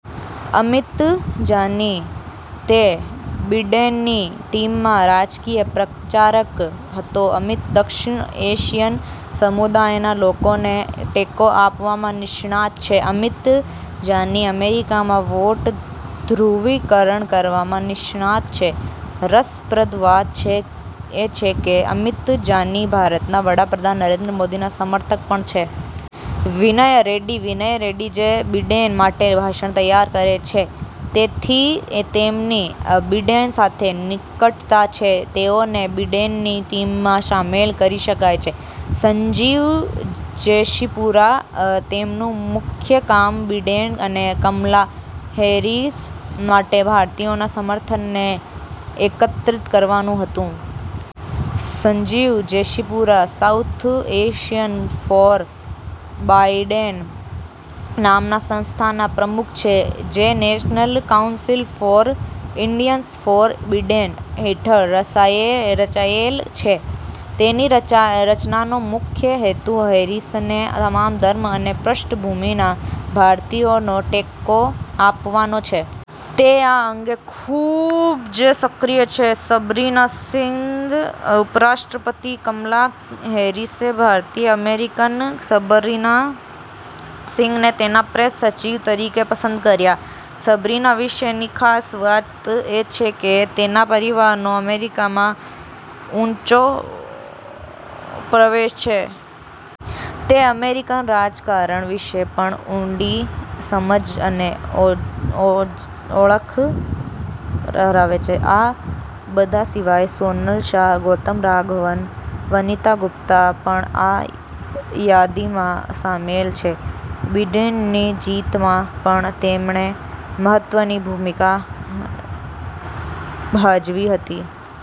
અમિત જાની: તે બિડેનની ટીમમાં રાજકીય પ્રચારક હતો. અમિત દક્ષિણ એશિયન સમુદાયના લોકોને ટેકો આપવામાં નિષ્ણાત છે. અમિત જાની અમેરિકામાં વોટ ધ્રુવીકરણ કરવામાં નિષ્ણાંત છે. રસપ્રદ વાત એ છે કે, અમિત જાની ભારતના વડા પ્રધાન નરેન્દ્ર મોદીના સમર્થક પણ છે. વિનય રેડ્ડી: વિનય રેડ્ડી જે બિડેન માટે ભાષણ તૈયાર કરે છે. તેથી તેમની બીડેન સાથે નિકટતા છે. તેઓને બિડેનની ટીમમાં શામેલ કરી શકાય છે. સંજીવ જોશીપુરા: તેમનું મુખ્ય કામ બિડેન અને કમલા હેરિસ માટે ભારતીયોના સમર્થનને એકત્રિત કરવાનું હતું. Sanjeev Joshipura 'South Asian for Biden' નામના સંસ્થાના પ્રમુખ છે, જે 'National Council for Indians for Biden' હેઠળ રચાયેલ છે. તેની રચનાનો મુખ્ય હેતુ હેરિસને તમામ ધર્મ અને પૃષ્ઠભૂમિના ભારતીયોનો ટેકો આપવાનો છે. તે આ અંગે ખૂબ જ સક્રિય છે. સબરીના સિંઘ: ઉપરાષ્ટ્રપતિ કમલા હેરિસે ભારતીય-અમેરિકન સબરીના સિંઘને તેના પ્રેસ સચિવ તરીકે પસંદ કર્યા. સબરીના વિશેની ખાસ વાત એ છે કે તેના પરિવારનો અમેરિકામાં ઊંડો પ્રવેશ છે. તે અમેરિકન રાજકારણ વિશે પણ ઊંડી સમજ અને ઓળખ ધરાવે છે. આ બધા સિવાય સોનલ શાહ, ગૌતમ રાઘવન, વનિતા ગુપ્તા પણ આ યાદીમાં સામેલ છે. બિડેનની જીતમાં પણ તેમણે મહત્વની ભૂમિકા ભજવી હતી.